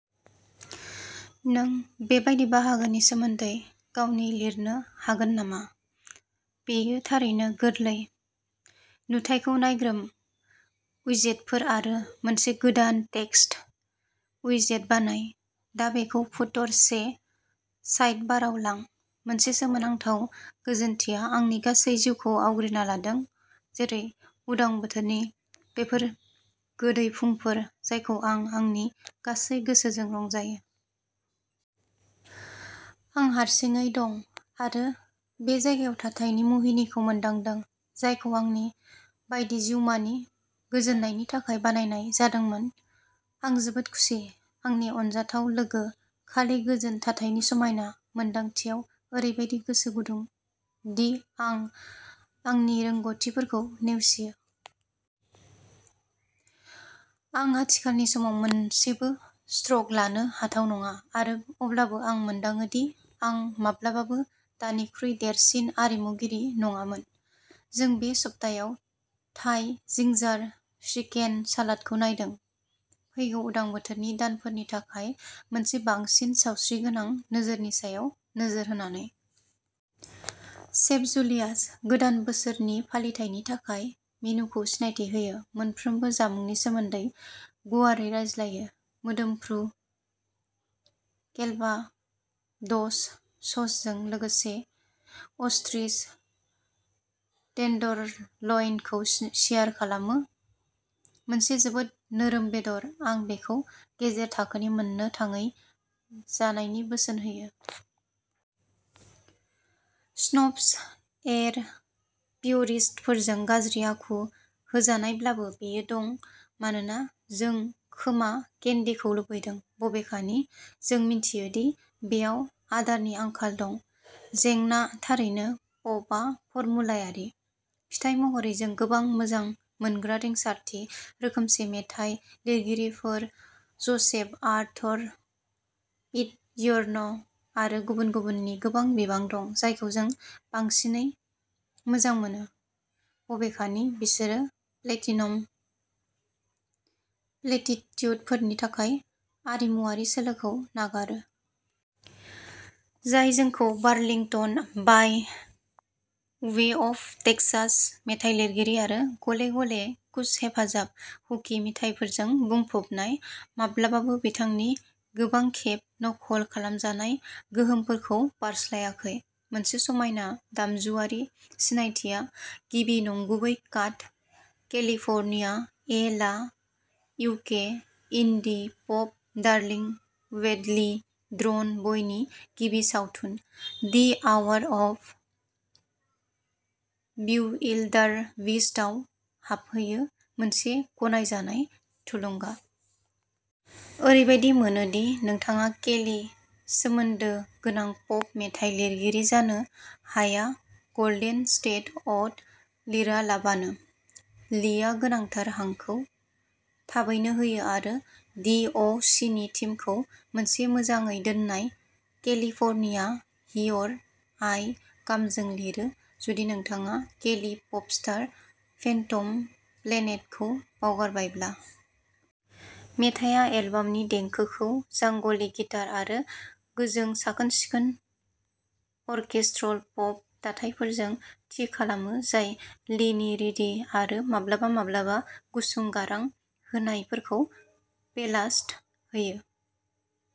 नों बे बायदि बाहागोनि सोमोन्दै गावनि लिरनो हागोन नामा? बेयो थारैनो गोरलै। नुथाइखौ नायग्रोम उइजेतफोर आरो मोनसे गोदान टेक्सट उइजेट बानाय। दा बेखौ फुटर से साइडबारआव लां। मोनसे सोमोनांथाव गोजोनथिया आंनि गासै जिउखौ आवग्रिना लादों, जेरै उदां बोथोरनि बेफोर गोदै फुंफोर जायखौ आं आंनि गासै गोसोजों रंजायो। आं हारसिङै दं, आरो बे जायगायाव थाथायनि मुहिनिखौ मोनदांदों, जायखौ आंनि बायदि जिउमानि गोजोननायनि थाखाय बानायनाय जादोंमोन। आं जोबोद खुसि, आंनि अनजाथाव लोगो, खालि गोजोन थाथायनि समायना मोनदांथियाव ओरैबादि गोसो गुदुं, दि आं आंनि रोंग'थिफोरखौ नेवसियो। आं आथिखालनि समाव मोनसेबो स्ट्र'क लानो हाथाव नङा; आरो अब्लाबो आं मोनदाङो दि आं माब्लाबाबो दानिख्रुइ देरसिन आरिमुगिरि नङामोन। जों बे सप्तायाव थाइ जिंजार चिकेन सालादखौ नायदों, फैगौ उदां बोथोरनि दानफोरनि थाखाय मोनसे बांसिन सावस्रिगोनां नोजोरनि सायाव नोजोर होनानै। सेफ जुलियास। गोदान बोसोरनि फालिथायनि थाखाय मेनुखौ सिनायथि होयो, मोनफ्रोमबो जामुंनि सोमोन्दै गुवारै रायज्लायो। मोदोमफ्रु केलभाडोस ससजों लोगोसे अस्ट्रिच टेन्डरलइनखौ सियार खालामो। मोनसे जोबोद नोरोम बेदर, आं बेखौ गेजेर थाखोनि मोननो थाङै जानायनि बोसोन होयो। स्नब्स, एर, प्युरिस्टफोरजों गाज्रि आखु होजानायब्लाबो, बेयो दं मानोना जों खोमा केन्डीखौ लुबैदों, बबेखानि जों मिथियो दि बेयाव आदारनि आंखाल दं। जेंना, थारैनो, पपआ फर्मुलायारि। फिथाय महरै जों गोबां मोजां मोनग्रा रिंसारथि रोखोमसे मेथाइ लिरगिरिफोर ज'सेफ आर्थर, पीट यर्न, आरो गुबुन गुबुननि गोबां बिबां दं, जायखौ जों बांसिनै मोजां मोनो, बबेखानि बिसोरो प्लेटिनम प्लेटिट्युडफोरनि थाखाय आरिमुआरि सोलोखौ नागारो। जाय जोंखौ Burlington by way of Texas मेथाइ लिरगिरि आरो गले गले कुश हेफाजाब हुकि मिथाइफोरजों बुंफबनाय, माब्लाबाबो बिथांनि गोबां खेब नखल खालामजानाय गोहोमफोरखौ बारस्लायाखै। मोनसे समायना दामजुआरि सिनायथिआ गिबि नंगुबै काट, केलिफर्निया ए ला इउके indie pop darling Badly Drawn बयनि गिबि सावथुन, दि आवार अफ बिउइल्डारबिस्टआव हाबहैयो, मोनसे गनायजानाय थुलुंगा। ओरैबायदि मोनो दि नोंथाङा केलि सोमोन्दो गोनां पप मेथाइ लिरगिरि जानो हाया गल्डेन स्टेट अ'ड लिरालाबानो। लिआ गोनांथार हांखौ थाबैनो होयो आरो दि अ सिनि थीमखौ मोनसे मोजाङै दोननाय केलिफर्निया, हियर आइ कामजों लिरो जुदि नोंथाङा केलि प'पस्टार फेन्टम प्लेनेटखौ बावगारबायब्ला। मेथाइया एलबामनि देंखोखौ जांगलि गिटार आरो गोजों, साखोन सिखोन अर्केस्ट्रल पप दाथायफोरजों थि खालामो जाय लीनि रिडी आरो माब्लाबा माब्लाबा गुसुं गारां होनायफोरखौ बेलास्ट होयो।